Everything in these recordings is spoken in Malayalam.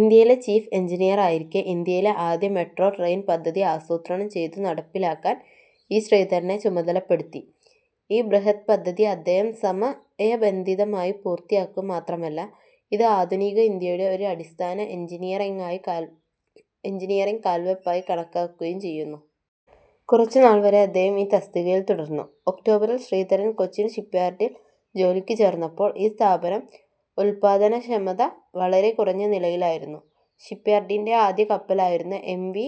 ഡെപ്യൂട്ടി ചീഫ് എഞ്ചിനീയർ ആയിരിക്കെ ഇന്ത്യയിലെ ആദ്യ മെട്രോ ട്രെയിൻ പദ്ധതി ആസൂത്രണം ചെയ്തു നടപ്പിലാക്കാൻ ഇ ശ്രീധരനെ ചുമതല പെടുത്തി. ഈ ബൃഹത് പദ്ധതി അദ്ദേഹം സമയ ബന്ധിതമായി പൂർത്തിയാക്കുക മാത്രമല്ല, ഇത് ആധുനിക ഇന്ത്യയുടെ ഒരു അടിസ്ഥാന എഞ്ചിനീയറിംഗ് കാൽവെപ്പായി കണക്കാക്കുകയും ചെയ്യുന്നു. കുറച്ചുനാൾവരെ അദ്ദേഹം ഈ തസ്തികയിൽ തുടർന്നു. ഒക്ടോബറിൽ ശ്രീധരൻ കൊച്ചിൻ ഷിപ്യാർഡിൽ ജോലിക്കു ചേർന്നപ്പോൾ, ഈ സ്ഥാപനം ഉല്പാദന ക്ഷമത വളരെ കുറഞ്ഞ നിലയിൽ ആയിരുന്നു. ഷിപ്യാർഡിന്റെ ആദ്യ കപ്പൽ ആയിരുന്ന എം. വി.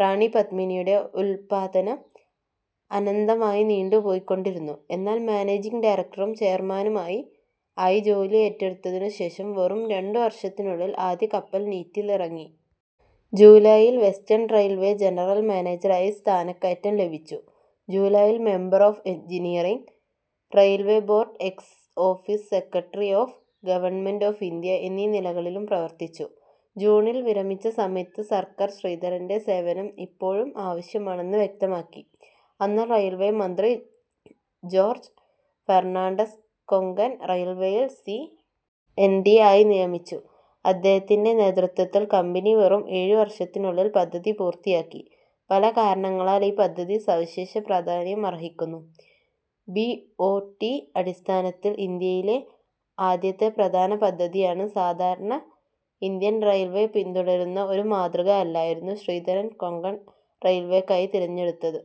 റാണി പദ്മിനി യുടെ ഉൽപാദനം അനന്തമായി നീണ്ടു പോയിക്കൊണ്ടിരുന്നു. എന്നാൽ മാനേജിങ് ഡയറക്ടറും ചെയർമാനുമായി ആയി ജോലി ഏറ്റെടുത്തതിനു ശേഷം വെറും രണ്ടു വർഷത്തിനുള്ളിൽ ആദ്യ കപ്പൽ നീറ്റിൽ ഇറങ്ങി. ജൂലായിൽ വെസ്റ്റേൺ റെയിൽവേ ജനറൽ മാനേജരായി സ്ഥാന കയറ്റം ലഭിച്ചു. ജൂലായിൽ member of engineering, railway board ex office secretary of government of India എന്നീ നിലകളിലും പ്രവർത്തിച്ചു. ജൂണിൽ വിരമിച്ച സമയത്ത് സർക്കാർ ശ്രീധരന്റെ സേവനം ഇപ്പോഴും ആവശ്യമാണെന്ന് വ്യക്തമാക്കി, അന്ന് റെയിൽവേ മന്ത്രി ജോർജ് ഫെർണാണ്ടസ് കൊങ്കൺ റെയിൽവേയിൽ സി. എൻ. ഡി ആയി നിയമിച്ചു. അദ്ദേഹത്തിന്റെ നേതൃത്വത്തിൽ കമ്പനി വെറും ഏഴു വർഷത്തിനുള്ളിൽ പദ്ധതി പൂർത്തിയാക്കി. പല കാരണങ്ങളാൽ ഈ പദ്ധതി സവിശേഷ പ്രാധാന്യം അർഹിക്കുന്നു. ബി. ഒ. ടി. അടിസ്ഥാനത്തിൽ ഇന്ത്യയിലെ ആദ്യത്തെ പ്രധാന പദ്ധതിയാണിത്. സാധാരണ ഇന്ത്യൻ റെയിൽവേ പിന്തുടരുന്ന ഒരു മാതൃക അല്ലായിരുന്നു ശ്രീധരൻ കൊങ്കൺ റെയിൽവേക്കായി തിരഞ്ഞെടുത്തത്.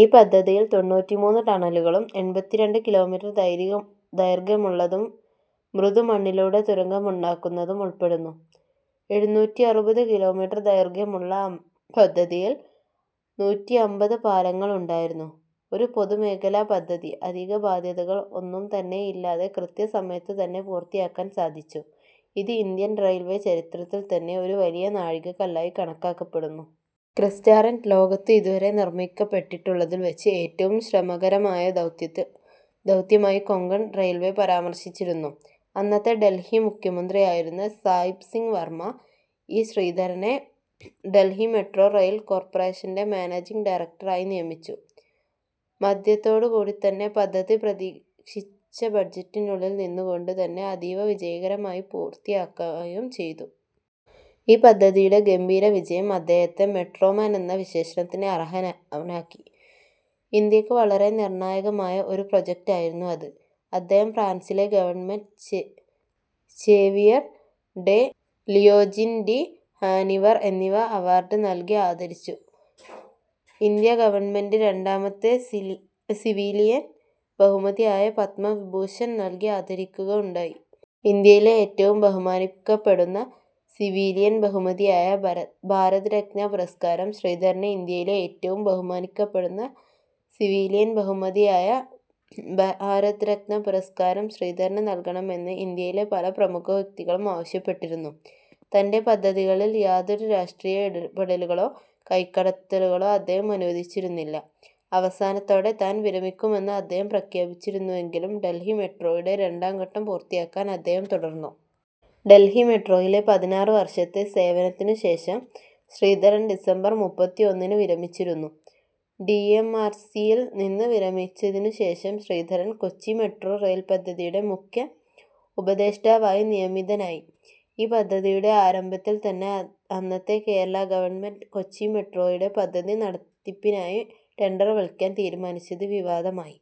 ഈ പദ്ധതിയിൽ തൊണ്ണൂറ്റിമൂന്ന് ടണലുകളും എൺപത്തിരണ്ട്‍ കിലോമീറ്റർ ദൈർഘ്യമുള്ളതും മൃദു മണ്ണിലൂടെ തുരങ്കമുണ്ടാക്കുന്നതും ഉൾപ്പെടുന്നു. എഴുനൂറ്റിഅറുപത് കിലോമീറ്റർ ദൈർഘ്യമുള്ള പദ്ധതിയിൽ നൂറ്റിഅമ്പത് പാലങ്ങൾ ഉണ്ടായിരുന്നു. ഒരു പൊതുമേഖലാ പദ്ധതി അധിക ബാദ്ധ്യതകൾ ഒന്നും തന്നെ ഇല്ലാതെ കൃത്യ സമയത്തു തന്നെ പൂർത്തിയാക്കാൻ സാധിച്ചു. ഇത് ഇന്ത്യൻ റെയിൽവേ ചരിത്രത്തിൽ തന്നെ ഒരു വലിയ നാഴികകല്ലായി കണക്കാക്കപ്പെടുന്നു. ക്രിസ്റ്റാറന്റ് ലോകത്തു ഇതുവരെ നിർമിക്കപ്പെട്ടിട്ടുള്ളതിൽ വച്ച് ഏറ്റവും ശ്രമകരമായ ദൗത്യമായി കൊങ്കൺ റെയിൽവേ പരാമർശിച്ചിരിക്കുന്നു. അന്നത്തെ ഡൽഹി മുഖ്യമന്ത്രി ആയിരുന്ന സാഹിബ് സിംഗ് വർമ്മ, ഇ ശ്രീധരനെ ഡൽഹി മെട്രോ റെയിൽ കോർപറേഷന്റെ മാനേജിങ് ഡയറക്ടർ ആയി നിയമിച്ചു. മധ്യത്തോടു കൂടിത്തന്നെ പദ്ധതി പ്രതീക്ഷിച്ച ബഡ്ജറ്റിൽനുള്ളിൽ നിന്നുകൊണ്ട് തന്നെ അതീവ വിജയകരമായി പൂർത്തി ആക്കുകയും ചെയ്തു. ഈ പദ്ധതിയുടെ ഗംഭീര വിജയം അദ്ദേഹത്തെ "മെട്രോ മാൻ" എന്ന വിശേഷണത്തിന് അർഹനാക്കി. ഇന്ത്യക്കു വളരെ നിർണായകമായ ഒരു പ്രൊജക്റ്റ് ആയിരുന്നു അത്. അദ്ദേഹം ഫ്രാൻസിലെ government, Chevalier de Legion d'honneur എന്നിവ അവാർഡ് നൽകി ആദരിച്ചു. ഇന്ത്യ ഗവണ്മെന്റ് രണ്ടാമത്തെ സിവിലിയൻ ബഹുമതി ആയ പദ്മവിഭൂഷൺ നൽകി ആദരിക്കുക ഉണ്ടായി. ഇന്ത്യയിലെ ഏറ്റവും ബഹുമാനിക്കപ്പെടുന്ന സിവിലിയൻ ബഹുമതിയായ ഭാരത് രത്ന പുരസ്കാരം ശ്രീധരന് ഇന്ത്യയിലെ ഏറ്റവും ബഹുമാനിക്കപ്പെടുന്ന സിവിലിയൻ ബഹുമതിയായ ഭാരത് രത്ന പുരസ്കാരം ശ്രീധരന് നൽകണമെന്ന് ഇന്ത്യയിലെ പല പ്രമുഖ വ്യക്തികളും ആവശ്യപ്പെട്ടിരുന്നു. തന്റെ പദ്ധതികളിൽ യാതൊരു രാഷ്ട്രീയ ഇടപെടലുകളോ കൈകടത്തലുകളോ അദ്ദേഹം അനുവദിച്ചിരുന്നില്ല. അവസാനത്തോടെ താൻ വിരമിക്കുമെന്ന് അദ്ദേഹം പ്രഖ്യാപിച്ചിരുന്നുവെങ്കിലും ഡൽഹി മെട്രോയുടെ രണ്ടാംഘട്ടം പൂർത്തീകരിക്കാൻ അദ്ദേഹം തുടർന്നു. ഡൽഹി മെട്രോയിലെ പതിനാറ് വർഷത്തെ സേവനത്തിനു ശേഷം ശ്രീധരൻ ഡിസംബർ മുപ്പത്തിഒന്നിന് വിരമിച്ചിരുന്നു. ഡി. എം. ആർ. സി. യിൽ നിന്ന് വിരമിച്ചതിനു ശേഷം ശ്രീധരൻ കൊച്ചി മെട്രോ റെയിൽ പദ്ധതിയുടെ മുഖ്യ ഉപദേഷ്ടാവായി നിയമിതനായി. ഈ പദ്ധതിയുടെ ആരംഭത്തിൽ തന്നെ അന്നത്തെ കേരള ഗവണ്മെന്റ് കൊച്ചി മെട്രോ യുടെ പദ്ധതി നടത്തിപ്പിനായി ടെൻഡർ വിളിക്കാൻ തീരുമാനിച്ചത് വിവാദമായി.